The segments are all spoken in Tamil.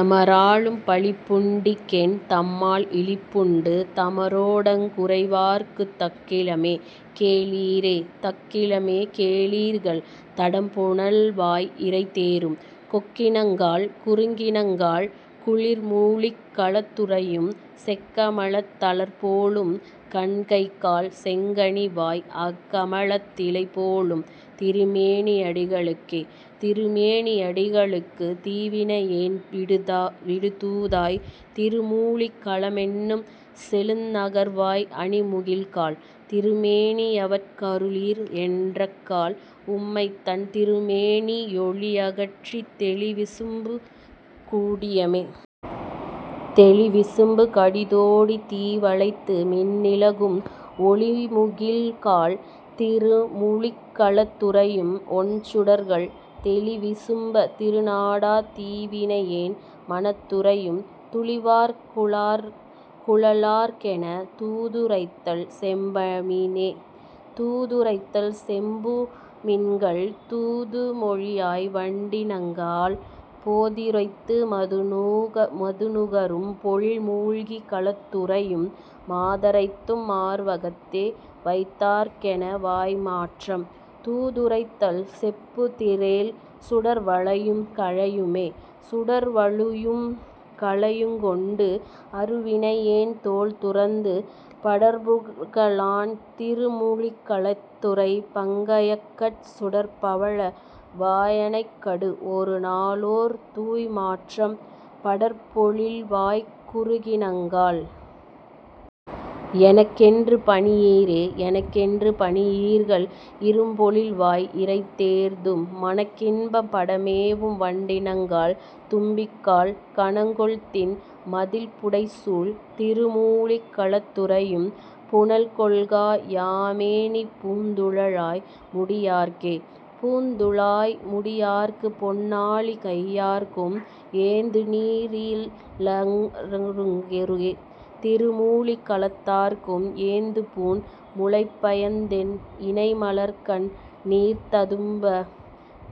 எமராலும் பழிப்புண்டிங் கென்? தம்மால் இழிப்புண்டு, தமரோடங் குறைவார்க்குத் தக்கிலமே. கேளீரே.. தக்கிலமே கேளீர்கள் தடம்புனல்வாய் இரைதேரும், கொக்கினங்காள். குருகினங்காள். குளிர்மூழிக் களத்துறையும், செக்கமலத் தலர்போலும் கண்கைகால் செங்கனிவாய், அக்கமலத் திலைபோலும் திருமேனி யடிகளுக்கே.. திருமேனி யடிகளுக்கு தீவினையேன் விடுதூதாய் திருமூழிக் களமென்னும் செழுநகர்வாய் அணிமுகில்காள், திருமேனி யவட்கருளீர் என்றக்கால், உம்மைத்தன் திருமேனி யொளியகற்றித் தெளிவிசும்பு கடியுமே?. தெளிவிசும்பு கடிதோடித் தீவளைத்து மின்னிலகும், ஒளிமுகில்காள். திருமூழிக் களத்துறையும் ஒண்சுடர்க்கு, தெளிவிசும்பு திருநாடாத் தீவினையேன் மனத்துறையும், துளிவார் குழலார்க்கென் தூதுரைத்தல் செப்பமினே.. தூதுரைத்தல் செப்புமின்கள் தூமொழியாய் வண்டினங்காள், போதிரைத்து மதுநுகரும் பொழில்மூழிக் களத்துறையும், மாதரைத்தம் மார்வகத்தே வைத்தார்க்கென் வாய்மாற்றம், தூதுரைத்தல் செப்புதிரேல் சுடர்வளையும் கலையுமே.. சுடர்வளுயும் கலையுங்கொண்டு அருவினையேன் தோள்துறந்த, படர்புகழான் திருமூழிக் களத்துறையும் பங்கயக்கட், சுடர்பவள வாயனைக்கடு ஒருநாளோர் தூய்மாற்றம், படர்பொழில்வாய்க் குருகினங்காள். எனக்கொன்று பணியீரே.. எனக்கொன்று பணியீர்கள் இரும்பொழில்வாய் இரைதேர்ந்து, மனக்கின்பம் படமேவும் வண்டினங்காள். தும்பிகாள், கனக்கொள்திண் மதிள்புடைசூழ் திருமூழிக் களத்துறையும், புனல்கொள்கா யாமேனிப் பூந்துழாய் முடியார்க்கே.. பூந்துழாய் முடியார்க்குப் பொன்னாழி கையார்க்கு, ஏந்துநீ ரிளங்குருகே. திருமூழிக் களத்தார்க்கு, ஏந்துபூண் முலைப்பயந்தென் இணைமலர்க்கண் ணீர்ததும்ப,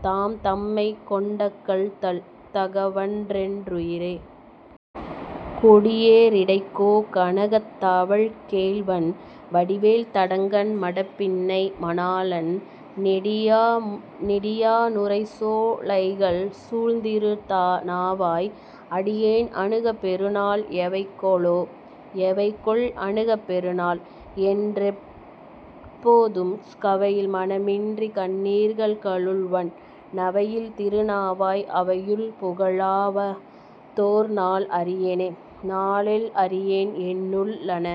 தாம்தம்மைக் கொண்டகல்தல் தகவன்றென் றுரையீரே.. கொடியே ரிடைக்கோ கனகத் தவள்கேள்வன், வடிவேல் தடங்கண் மடப்பின்னை மணாளன், நெடியா னுறைசோ லைகள்சூழ் திருநாவாய், அடியேன் அணுகப் பெறு நாள் எவைகொலொ.. எவைகொல் அணுகப் பெறுநாள்? என் றெப்போதும், கவையில் மனமின்றிக் கண்ணீர்கள் கலுழ்வன், நவையில் திருநாவாய், அவையுள் புகலாவ தோர்நாள் அறியேனே.. நாளெல் அறியேன் எனக்குள் ளன,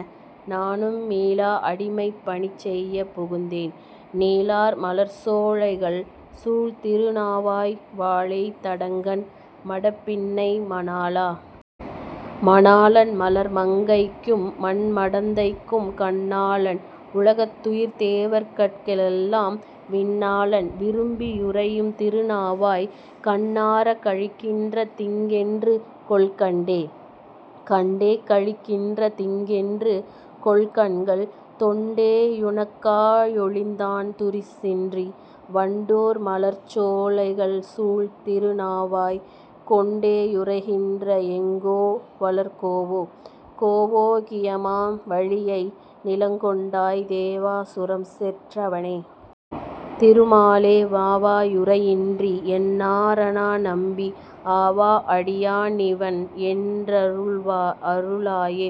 நானும் மீளா அடிமைப் பணிசெய்யப் புகுந்தேன், நீளார் மலர்சோ லைகள்சுழ் திருநாவாய், வாளேய் தடங்கண் மடப்பின்னை மணாளா.. மணாளன் மலர்மங் கைக்கும்மண் மடந்தைக்கும், கண்ணாளன் உலகத் துயிர்தேவர் கட்கெல்லாம், விண்ணாளன் விரும்பி யுறையும் திருநாவாய், கண்ணாரக் களிக்கின்ற திங்கென்று கொல்கண்டே?. கண்டே களிக்கின்ற திங்கென்று கொல்கண்கள், தொண்டே யுனக்கா யொழிந்தான் துரிசின்றி, வண்டார் மலர்சோ லைகள்சுழ் திருநாவாய், கொண்டே யுறைகின்ற எங்கோ வலர்கோவே.. கோவா கியமா வலியை நிலங்கொண்டாய், தேவா சுரம்செற் றவனே. திருமாலே, வாவா யுறைகின்ற என்நா ரணநம்பீ, ஆவா அடியா னிவன் என் றருளாயே..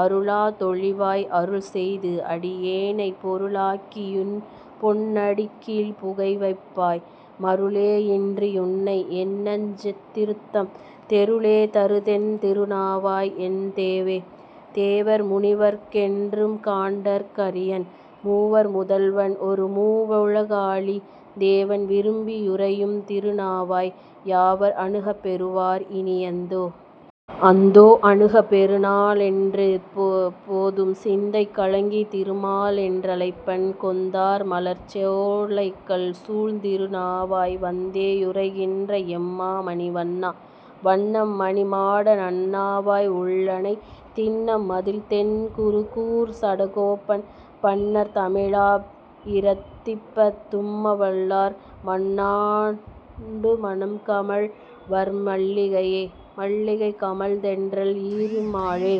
அருளா தொழிவாய் அருள்செய்து, அடியேனைப் பொருளாக்கி யுன்பொன் னடிக்கீழ்ப் புகவைப்பாய், மருளே யின்றியுன்னை என்னெஞ்சத் திருத்தும், தெருளே தருதென் திருநாவாய் என்தேவே.. தேவர் முனிவர்க் கென்றும்காண் டற்கரியன், மூவர் முதல்வன் ஒருமூ வுலகாளி, தேவன் விரும்பி யுறையும் திருநாவாய், யாவர் அணுகப் பெறுவார் இனியந்தோ.. அந்தோ. அணுகப் பெறுநாளென் றெப்போதும், சிந்தை கலங்கித் திருமாலென் றழைப்பன், கொந்தார் மலர்சோ லைகள்சுழ் திருநாவாய், வந்தே யுறைகின்ற எம்மா மணிவண்ணா. வண்ணம் மணிமாட நன்னாவாய் உள்ளனை, திண்ணம் மதிள்தென் குருகூர்ச் சடகோபன், பண்ணர் தமிழா யிரத்திப்பத் தும்வல்லார், மண்ணாண்டு மணம்கமழ் வர்மல்லிகையே. மல்லிகை கமழ்தென்றல் ஈரு மாலோ.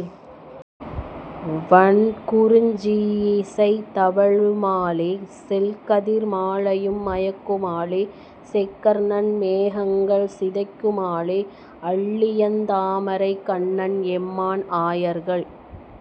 வண்குறிஞ் சியிசை தவழு மாலோ, செல்கதிர் மாலையும் மயக்கு மாலோ. செக்கர்நன் மேகங்கள் சிதைக்கு மாலோ, அல்லியந் தாமரைக் கண்ணன் எம்மான் ஆயர்கள்